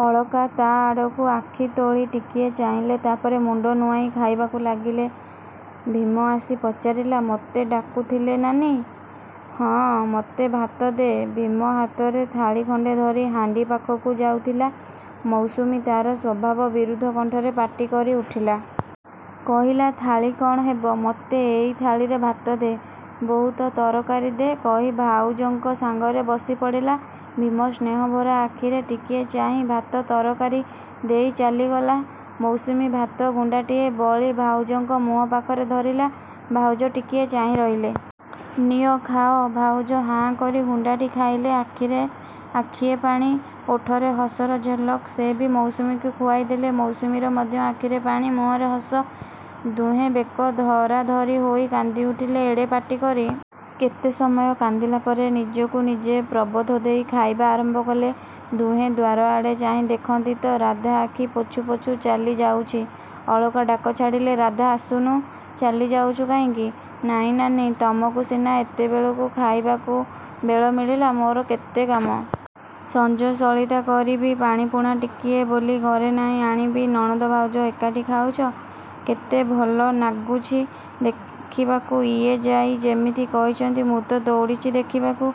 ଅଳକା ତା'ଆଡ଼କୁ ଆଖି ତୋଳି ଟିକିଏ ଚାହିଁଲେ। ତାପରେ ମୁଣ୍ଡ ନୁଆଁଇ ଖାଇବାକୁ ଲାଗିଲେ। ଭୀମ ଆସି ପଚାରିଲା-ମୋତେ ଡାକୁଥିଲେ ନାନୀ? -ହଁ, ମୋତେ ଭାତ ଦେ। ଭୀମ ହାତରେ ଥାଳି ଖଣ୍ଡେ ଧରି ହାଣ୍ଡି ପାଖକୁ ଯାଉଥିଲା, ମୌସୁମୀ ତା'ର ସ୍ୱଭାବ ବିରୁଦ୍ଧ କଣ୍ଠରେ ପାଟି କରିଉଠିଲା। କହିଲା-ଥାଳି କ'ଣ ହେବ? ମୋତେ ଏଇ ଥାଳିରେ ଭାତ ଦେ। ବହୁତ ତରକାରୀ ଦେ କହି ଭାଉଜଙ୍କ ସାଙ୍ଗରେ ବସିପଡ଼ିଲା। ଭୀମ ସ୍ନେହଭରା ଆଖିରେ ଟିକିଏ ଚାହିଁ ଭାତ ତରକାରୀ ଦେଇ ଚାଲିଗଲା। ମୌସୁମୀ ଭାତ ଗୁଣ୍ଡାଟିଏ ବଳି ଭାଉଜଙ୍କ ମୁହଁ ପାଖରେ ଧରିଲା। ଭାଉଜ ଟିକିଏ ଚାହିଁ ରହିଲେ। ନିଅ, ଖାଅ। ଭାଉଜ ହାଁ କରି ଗୁଣ୍ଡାଟି ଖାଇଲେ। ଆଖିରେ ଆଖିଏ ପାଣି, ଓଠରେ ହସର ଝଲକ। ସେ ବି ମୌସୁମୀକୁ ଖୁଆଇଦେଲେ। ମୌସୁମୀର ମଧ୍ୟ ଆଖିରେ ପାଣି ମୁହଁରେ ହସ। ଦୁହେଁ ବେକ ଧରା ଧରି ହୋଇ କାନ୍ଦି ଉଠିଲେ ଏଡ଼େ ପାଟି କରି। କେତେ ସମୟ କାନ୍ଦିଲା ପରେ ନିଜକୁ ନିଜେ ପ୍ରବୋଧ ଦେଇ ଖାଇବା ଆରମ୍ଭ କଲେ। ଦୁହେଁ ଦ୍ୱାରଆଡ଼େ ଚାହିଁ ଦେଖନ୍ତି ତ ରାଧା ଆଖି ପୋଛୁ ପୋଛୁ ଚାଲିଯାଉଛି। ଅଳକା ଡାକ ଛାଡ଼ିଲେ-ରାଧା ଆସୁନୁ, ଚାଲିଯାଉଛୁ କାହିଁକି? -ନାଇଁ ନାନୀ, ତୁମକୁ ସିନା ଏତେବେଳକୁ ଖାଇବାକୁ ବେଳ ମିଳିଲା ମୋର କେତେ କାମ। ସଞ୍ଜ ସଳିତା କରିବି, ପାଣିପୁଣା ଟିକିଏ ବୋଲି ଘରେ ନାହିଁ ଆଣିବି। ନଣନ୍ଦ ଭାଉଜ ଏକାଠି ଖାଉଛ, କେତେ ଭଲନାଗୁଛି ଦେଖିବାକୁ। ଇଏ ଯାଇ ଯେମିତି କହିଛନ୍ତି ମୁଁ ତ ଦୌଡ଼ୁଛି ଦେଖିବାକୁ।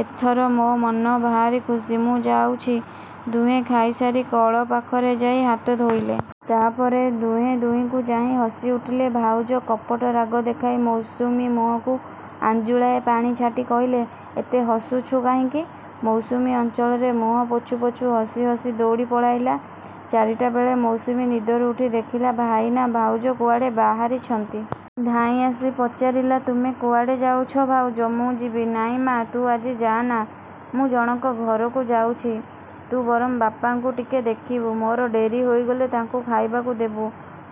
ଏଥର ମୋ ମନ ଭାରି ଖୁସି, ମୁଁ ଯାଉଛି। ଦୁହେଁ ଖାଇସାରି କଳ ପାଖରେ ଯାଇ ହାତ ଧୋଇଲେ। ତାପରେ ଦୁହେଁ ଦୁହିଁଙ୍କୁ ଚାହିଁ ହସିଉଠିଲେ। ଭାଉଜ କପଟ ରାଗ ଦେଖାଇ ମୌସୁମୀ ମୁହଁକୁ ଆଞ୍ଜୁଳାଏ ପାଣି ଛାଟି କହିଲେ-ଏତେ ହସୁଛୁ କାହିଁକି? ମୌସୁମୀ ଅଞ୍ଚଳରେ ମୁହଁ ପୋଛୁ ପୋଛୁ ହସି ହସି ଦଉଡ଼ି ପଳାଇଲା। ଚାରିଟାବେଳେ ମୌସୁମୀ ନିଦରୁ ଉଠି ଦେଖିଲା ଭାଇନା ଭାଉଜ କୁଆଡ଼େ ବାହାରିଛନ୍ତି-। ଧାଇଁଆସି ପଚାରିଲା-ତୁମେ କୁଆଡ଼େ ଯାଉଛ ଭାଉଜ, ମୁଁ ଯିବି। -ନାଇଁ ମା' ତୁ ଆଜି ଯାଆନା, ମୁଁ ଜଣକ ଘରକୁ ଯାଉଛି। ତୁ ବରଂ ବାପାଙ୍କୁ ଟିକେ ଦେଖିବୁ, ମୋର ଡେରି ହୋଇଗଲେ ତାଙ୍କୁ ଖାଇବାକୁ ଦେବୁ।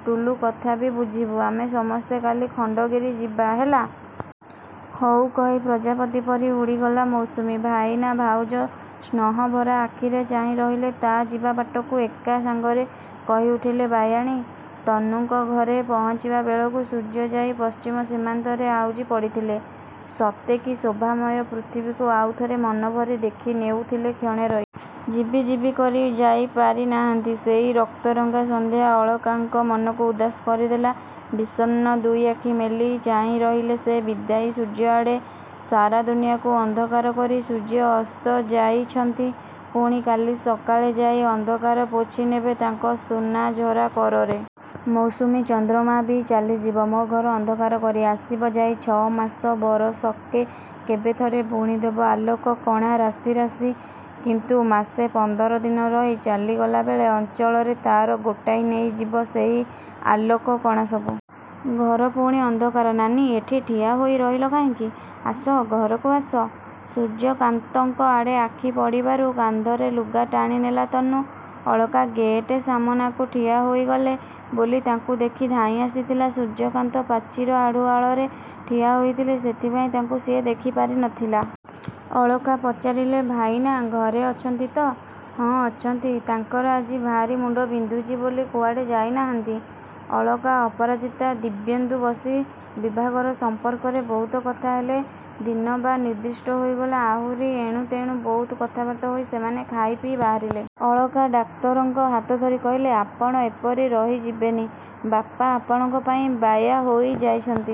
ଟୁଲୁ କଥା ବି ବୁଝିବୁ। ଆମେ ସମସ୍ତେ କାଲି ଖଣ୍ଡଗିରି ଯିବା, ହେଲା। ହଉ କହି ପ୍ରଜାପତି ପରି ଉଡ଼ିଗଲା ମୌସୁମୀ। ଭାଇନା ଭାଉଜ ସ୍ନହଭରା ଆଖିରେ ଚାହିଁ ରହିଲେ ତା' ଯିବା ବାଟକୁ। ଏକା ସାଙ୍ଗରେ କହିଉଠିଲେ ବାୟାଣୀ। ତନୁଙ୍କ ଘରେ ପହଞ୍ଚିବା ବେଳକୁ ସୂର୍ଯ୍ୟ ଯାଇ ପଶ୍ଚିମ ସୀମାନ୍ତରେ ଆଉଜି ପଡ଼ିଥିଲେ। ସତେକି ଶୋଭାମୟ ପୃଥିବୀକୁ ଆଉଥରେ ମନଭରି ଦେଖିନେଉଥିଲେ କ୍ଷଣେ ରହି। ଯିବି ଯିବି କରି ଯାଇପାରିନାହାନ୍ତି। ସେହି ରକ୍ତରଙ୍ଗା ସନ୍ଧ୍ୟା ଅଳକାଙ୍କ ମନକୁ ଉଦାସ କରିଦେଲା। ବିଷନ୍ନ ଦୁଇ ଆଖି ମେଲି ଚାହିଁ ରହିଲେ ସେ ବିଦାୟୀ ସୂର୍ଯ୍ୟଆଡ଼େ। ସାରା ଦୁନିଆକୁ ଅନ୍ଧକାର କରି ସୂର୍ଯ୍ୟ ଅସ୍ତ ଯାଇଛନ୍ତି। ପୁଣି କାଲି ସକାଳେ ଯାଇ ଅନ୍ଧକାର ପୋଛିନେବେ ତାଙ୍କ ସୁନାଝରା କରରେ। ମୌସୁମୀ ଚନ୍ଦ୍ରମା ବି ଚାଲିଯିବ ମୋ ଘର ଅନ୍ଧକାର କରି। ଆସିବ ଯାଇ ଛମାସ ବରଷକେ କେବେ ଥରେ। ବୁଣିଦେବ ଆଲୋକ-କଣା ରାଶି ରାଶି। କିନ୍ତୁ ମାସେ ପନ୍ଦର ଦିନ ରହି ଚାଲିଗଲା ବେଳେ ଅଞ୍ଚଳରେ ତା'ର ଗୋଟାଇ ନେଇ ଯିବ ସେହି ଆଲୋକ-କଣା ସବୁ। ଘର ପୁଣି ଅନ୍ଧକାର। -ନାନୀ, ଏଠି ଠିଆ ହୋଇ ରହିଲ କାହିଁକି, ଆସ ଘରକୁ ଆସ। ସୂର୍ଯ୍ୟକାନ୍ତଙ୍କ ଆଡ଼େ ଆଖିପଡ଼ିବାରୁ କାନ୍ଧରେ ଲୁଗା ଟାଣିନେଲା ତନୁ। ଅଳକା ଗେଟ୍ ସାମନାକୁ ଠିଆ ହୋଇଗଲେ ବୋଲି ତାଙ୍କୁ ଦେଖି ଧାଇଁ ଆସିଥିଲା। ସୂର୍ଯ୍ୟକାନ୍ତ ପ୍ରାଚୀର ଆଢ଼ୁଆଳରେ ଠିଆ ହୋଇଥିଲେ, ସେଥିପାଇଁ ତାଙ୍କୁ ସିଏ ଦେଖିପାରିନଥିଲା। ଅଳକା ପଚାରିଲେ-ଭାଇନା ଘରେ ଅଛନ୍ତି ତ। -ହଁ, ଅଛନ୍ତି। ତାଙ୍କର ଆଜି ଭାରି ମୁଣ୍ଡ ବିନ୍ଧୁଛି ବୋଲି କୁଆଡ଼େ ଯାଇନାହାନ୍ତି। ଅଳକା, ଅପରାଜିତା, ଦିବ୍ୟେନ୍ଦୁ ବସି ବିଭାଘର ସମ୍ପର୍କରେ ବହୁତ କଥାହେଲେ। ଦିନ ବି ନିର୍ଦ୍ଦିଷ୍ଟ ହୋଇଗଲା। ଆହୁରି ଏଣୁତେଣୁ ବହୁତ କଥାବାର୍ତ୍ତା ହୋଇ ସେମାନେ ଖାଇ ପିଇ ବାହାରିଲେ। ଅଳକା ଡାକ୍ତରଙ୍କ ହାତଧରି କହିଲେ-ଆପଣ ଏପରି ରହିଯିବେନି। ବାପା ଆପଣଙ୍କ ପାଇଁ ବାୟା ହୋଇଯାଇଛନ୍ତି।